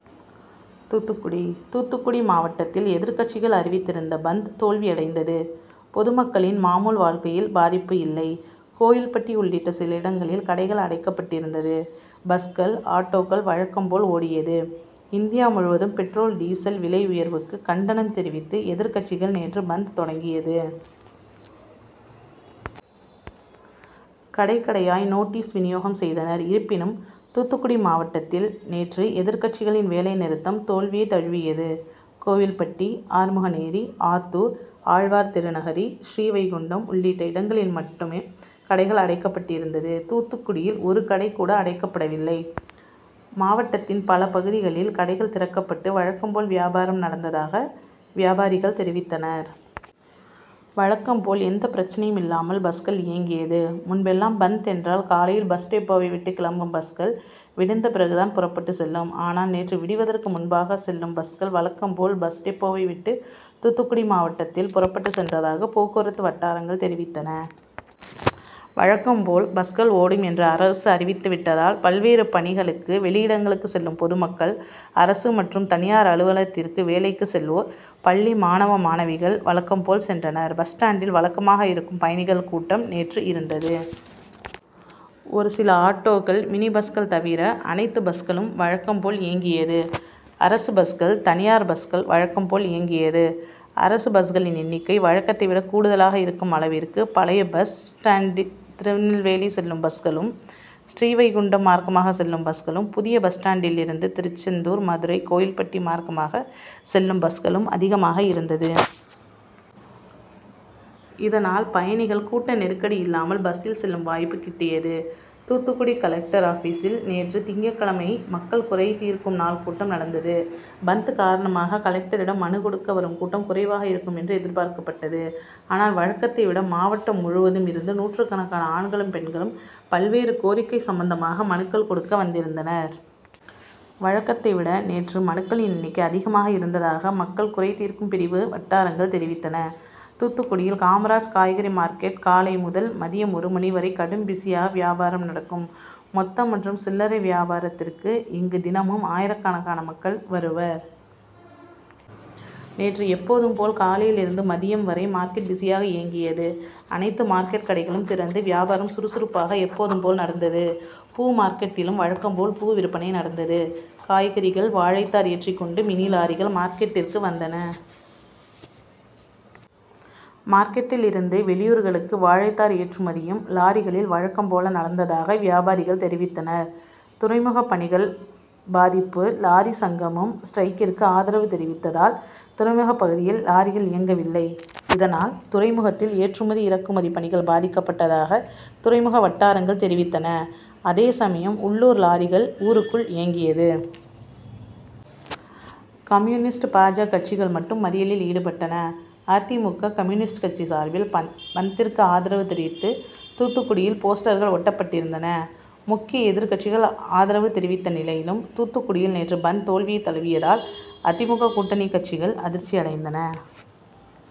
தூத்துக்குடி, தூத்துக்குடி மாவட்டத்தில் எதிர்கட்சிகள் அறிவித்திருந்த பந்த் தோல்வியடைந்தது. பொதுமக்களின் மாமூல் வாழ்க்கையில் பாதிப்பு இல்லை. கோவில்பட்டி உள்ளிட்ட சில இடங்களில் கடைகள் அடைக்கப்பட்டிருந்தது. பஸ்கள், ஆட்டோக்கள் வழக்கம் போல் ஓடியது. இந்தியா முழுவதும் பெட்ரோல், டீசல் விலை உயர்வுக்கு கண்டனம் தெரிவித்து எதிர்கட்சிகள் நேற்று பந்த் தொடங்கியது. கடை, கடையாய் நோட்டீஸ் விநியோகம் செய்தனர். இருப்பினும் தூத்துக்குடி மாவட்டத்தில் நேற்று எதிர்கட்சிகளின் வேலைநிறுத்தம் தோல்வியை தழுவியது. கோவில்பட்டி, ஆறுமுகனேரி, ஆத்தூர், ஆழ்வார்திருநகரி, ஸ்ரீவைகுண்டம் உள்ளிட்ட இடங்களில் மட்டும் கடைகள் அடைக்கப்பட்டிருந்தது. தூத்துக்குடியில் ஒரு கடை கூட அடைக்கப்படவில்லை. மாவட்டத்தில் பல பகுதிகளில் கடைகள் திறக்கப்பட்டு வழக்கம் போல் வியாபாரம் நடந்ததாக வியாபாரிகள் தெரிவித்தனர். வழக்கம் போல் எந்த பிரச்னையும் இல்லாமல் பஸ்கள் இயங்கியது. முன்பெல்லாம் பந்த் என்றால் காலையில் பஸ் டெப்போவை விட்டு கிளம்பும் பஸ்கள் விடிந்த பிறகு தான் புறப்பட்டு செல்லும். ஆனால் நேற்று விடிவதற்கு முன்பாக செல்லும் பஸ்கள் வழக்கம் போல் பஸ் டெப்போவை விட்டு தூத்துக்குடி மாவட்டத்தில் புறப்பட்டு சென்றதாக போக்குவரத்து வட்டாரங்கள் தெரிவித்தன. வழக்கம் போல் பஸ்கள் ஓடும் என்று அரசு அறிவித்து விட்டதால் பல்வேறு பணிகளுக்கு வெளியிடங்களுக்கு செல்லும் பொதுமக்கள், அரசு மற்றும் தனியார் அலுவலகத்திற்கு வேலைக்கு செள்வோர், பள்ளி மாணவ, மாணவிகள் வழக்கம் போல் சென்றனர். பஸ் ஸ்டாண்டில் வழக்கமாக இருக்கும் பயணிகள் கூட்டம் நேற்று இருந்தது. ஒரு சில ஆட்டோக்கள், மினி பஸ்கள் தவிர அனைத்து பஸ்களும் வழக்கம் போல் இயங்கியது. அரசு பஸ்கள், தனியார் பஸ்கள் வழக்கம் போல் இயங்கியது. அரசு பஸ்களின் எண்ணிக்கை வழக்கத்தை விட கூடுதலாக இருக்கும் அளவிற்கு பழைய பஸ் ஸ்டாண்டில் திருநெல்வேலி செல்லும் பஸ்களும், ஸ்ரீவைகுண்டம் மார்க்கமாக செல்லும் பஸ்களும், புதிய பஸ் ஸ்டாண்டில் இருந்து திருச்செந்தூர், மதுரை, கோவில்பட்டி மார்க்கமாக செல்லும் பஸ்களும் அதிகமாக இருந்தது. இதனால் பயணிகள் கூட்ட நெருக்கடி இல்லாமல் பஸ்சில் செல்லும் வாய்ப்பு கிட்டியது. தூத்துக்குடி கலெக்டர் ஆபிசில் நேற்று திங்கட்கிழமை மக்கள் குறைதீர்க்கும் நாள் கூட்டம் நடந்தது. பந்த் காரணமாக கலெக்டரிடம் மனு கொடுக்க வரும் கூட்டம் குறைவாக இருக்கும் என்று எதிர்பார்க்கப்பட்டது. ஆனால் வழக்கத்தை விட மாவட்டம் முழுவதும் இருந்து நூற்றுக்கணக்கான ஆண்களும், பெண்களும் பல்வேறு கோரிக்கை சம்பந்தமாக மனுக்கள் கொடுக்க வந்திருந்தனர். வழக்கத்தை விட நேற்று மனுக்களின் எண்ணிக்கை அதிகமாக இருந்ததாக மக்கள் குறைதீர்க்கும் பிரிவு வட்டாரங்கள் தெரிவித்தன. தூத்துக்குடியில் காமராஜ் காய்கறி மார்கெட் காலை முதல் மதியம் ஒரு மணி வரை கடும் பிசியாக வியாபாரம் நடக்கும். மொத்த மற்றும் சில்லரை வியாபாரத்திற்கு இங்கு தினமும் ஆயிரக்கணக்கான மக்கள் வருவர். நேற்று எப்போதும் போல் காலையில் இருந்து மதியம் வரை மார்க்கெட் பிசியாக இயங்கியது. அனைத்து மார்க்கெட் கடைகளும் திறந்து வியபாரம் சுறுசுறுப்பாக எப்போதும் போல் நடந்தது. பூ மார்கெட்டிலும் வழக்கம் போல் பூ விற்பனை நடந்தது. காய்கறிகள், வாழைத்தார் ஏற்றிக் கொண்டு மினி லாரிகள் மார்கெட்டிற்கு வந்தன. மார்கெட்டில் இருந்து வெளியூர்களுக்கு வாழைத்தார் ஏற்றுமதியும் லாரிகளில் வழக்கம் போல் நடந்ததாக வியாபாரிகள் தெரிவித்தனர். துறைமுக பணிகள் பாதிப்பு லாரி சங்கமும் ஸ்டிரைக்கிற்கு ஆதரவு தெரிவித்ததால் துறைமுக பகுதியில் லாரிகள் இயங்கிவில்லை. இதனால் துறைமுகத்தில் ஏற்றுமதி, இறக்குமதி பணிகள் பாதிக்கப்பட்டதாக துறைமுக வட்டாரங்கள் தெரிவித்தன. அதே சமயம் உள்ளூர் லாரிகள் ஊருக்குள் இயங்கியது. கம்யுனிஸ்ட், பா. ஜ கட்சிகள் மட்டும் மறியலில் ஈடுபட்டன. அதிமுக, கம்யுனிஸ்ட் கட்சி சார்பில் பந்த்திற்கு ஆதரவு தெரிவித்து தூத்துக்குடியில் போஸ்டர்கள் ஒட்டப்பட்டிருந்தன. முக்கிய எதிர்கட்சிகள் ஆரதவு தெரிவித்த நிலையிலும் தூத்துக்குடியில் நேற்று பந்த் தோல்வியை தழுவியதால் அதிமுக கூட்டணி கட்சிகள் அதிர்சியடைந்தன.